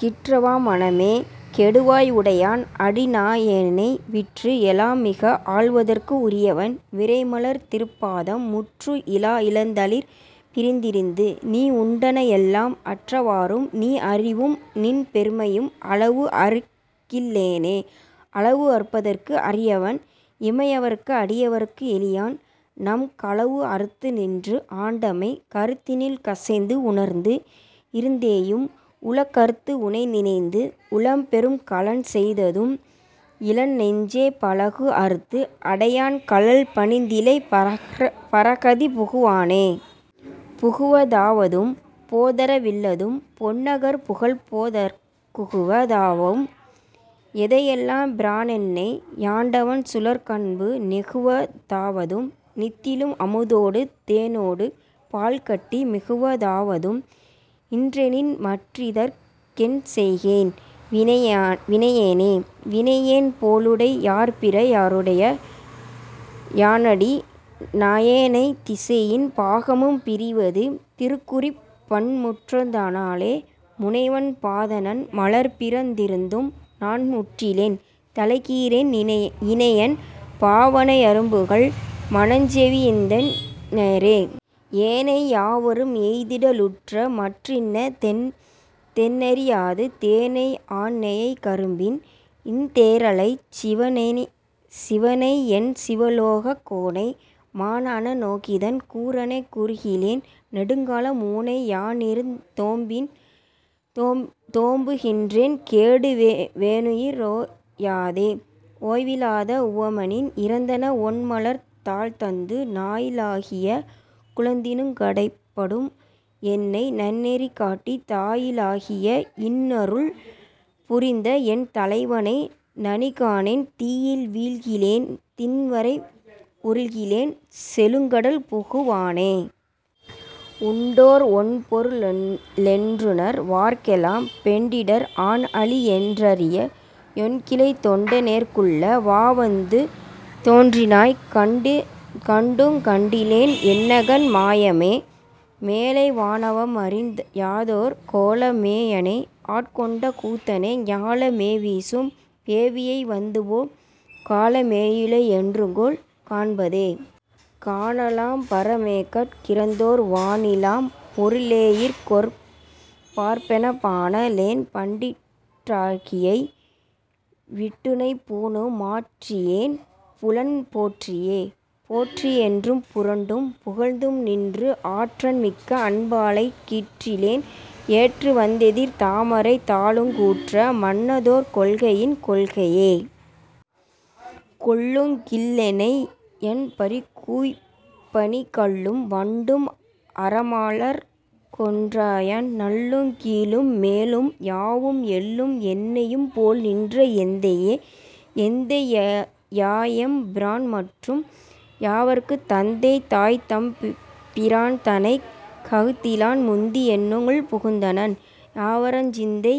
கிற்றவா மனமே கெடுவாய் உடையான் அடி நாயேனை விற்று எலாம் மிக ஆள்வதற்கு உரியவன் விரைமலர் திருப் பாதம் முற்று இலா இளந்தளிர் பிரிந்திருந்து நீ உண்டன எல்லாம் அற்றவாறும் நின் அறிவும் நின்பெருமையும் அளவு அறுக் கில்லேனே. அளவு அறுப்பதற்கு அரியவன் இமையவர்க்கு அடியவர்க்கு எளியான் நம் களவு அறுத்து நின்று ஆண்டமை கருத்தினுள் கசிந்து உணர்ந்து இருந்தேயும் உள கறுத்து உனை நினைந்து உளம் பெரும் களன் செய்ததும் இலை நெஞ்சே பளகு அறுத்து அடையான் கழல் பணிந்திலை பரகதி புகுவானே. புகுவ தாவதும் போதர வில்லதும் பொன்னகர் புகழ்போதற் குகுவ தாவதும் எதையெல்லாம் பிரானென்னை யாண்டவன் சுழற்கன்பு நெகுவ தாவதும் நித்தலும் அமுதொடு தேனொடு பால்கட்டி மிகுவ தாவதும் இன்றெனின் மற்றிதற் கென்செய்கேன் வினையேனே. வினையென் போலுடை யார்பிற ராருடை யானடி நாயேனைத் திசையின் பாகமும் பிரிவது திருக்குறிப் பன்றுமற் றதணாலே முனைவன் பாதநன் மலர்பிரிந் திருந்தும்நான்முட்டிலேன் தலைகீறேன் இனையன் பாவனை யரும்புகல் மனஞ்செவி யின்னதென் றறியேனே. ஏனை யாவரும் எய்திட லுற்றமற் றின்ன தென் றறியாத தேனை ஆன்நெயைக் கரும்பின் இன் தேறலைச் சிவனையென் சிவலோகக் கோனை மான்அன நோக்கிதன் கூறனைக் குறுகிலேன் நெடுங்காலம் ஊனை யானிருந் தோம்புகின் றேன்கெடு வேனுயி ரோயாதே. ஓய்வி லாதன உவமனில் இறந்தன ஒண்மலர்த் தாள்தந்து நாயி லாகிய குலத்தினுங் கடைப்படும் என்னைநன் னெறிகாட்டித் தாயி லாகிய இன்னருள் புரிந்தஎன் தலைவனை நனிகாணேன் தீயில் வீழ்கிலேன் திண்வரை உருள்கிலேன் செழுங்கடல் புகுவேனே. உண்டோ ர் ஒண்பொரு ளென்றுணர் வார்க்கெலாம் பெண்டிடர் ஆண்அலி யென்றறி யொண்கிலை தொண்ட னேற்குள்ள வாவந்து தோன்றினாய் கண்டுங் கண்டிலேன் என்னகண் மாயமே. மேலை வானவ ரும்மறி யாததோர் கோல மேயெனை ஆட்கொண்ட கூத்தனே ஞால மேவிசும் பேயிவை வந்துபோம் கால மேயுளை யென்றுகொல் காண்பதே. காண லாம்பர மேகட் கிறந்தோர் வாணி லாப் பொரு ளேயிங்கொர் பார்ப்பெனப் பாண ளேன்படிற் றாக்கையை விட்டுனைப் பூணு மாற்றி யேன் புலன் போற்றியே. போற்றி யென்றும் புரண்டும் புகழ்ந்தும்நின்று ஆற்றன் மிக்கஅன் பாழைக் கின்றிலேன் ஏற்று வந்தெதிர் தாமரைத் தாளுறங் கூற்ற மன்னதொர் கொள்கையென் கொள்கையே. கொள்ளுங் கில்லெனை யன்பரிற் கூய்ப்பணி கள்ளும் வண்டும் அறமாலர்க் கொன்றையான் நள்ளுங் கீலும் மேலும் யாவும் எள்ளும் எண்ணெயும் போல்நின்ற எந்தையே. எந்தை யாயெம் பிரான்மற்றும் யாவர்க்குந் தந்தை தாய்தம் பிரான்தனக் கஃதிலான் முந்தி யென்னுள் புகுந்தனன் யாவருஞ் சிந்தை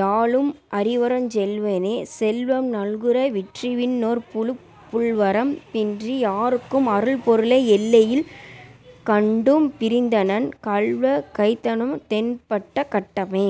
யாலும் அறிவருஞ் செல்வனே. செல்வம் நல்குர வின்றிவிண் ணோர்புழுப் புல்வரம் பின்றி யார்க்கும் அருள்பொருளை எல்லை யில்கழல் கண்டும் பிரிந்தனன் கல்வ கைமனத் தேன்பட்ட கட்டமே.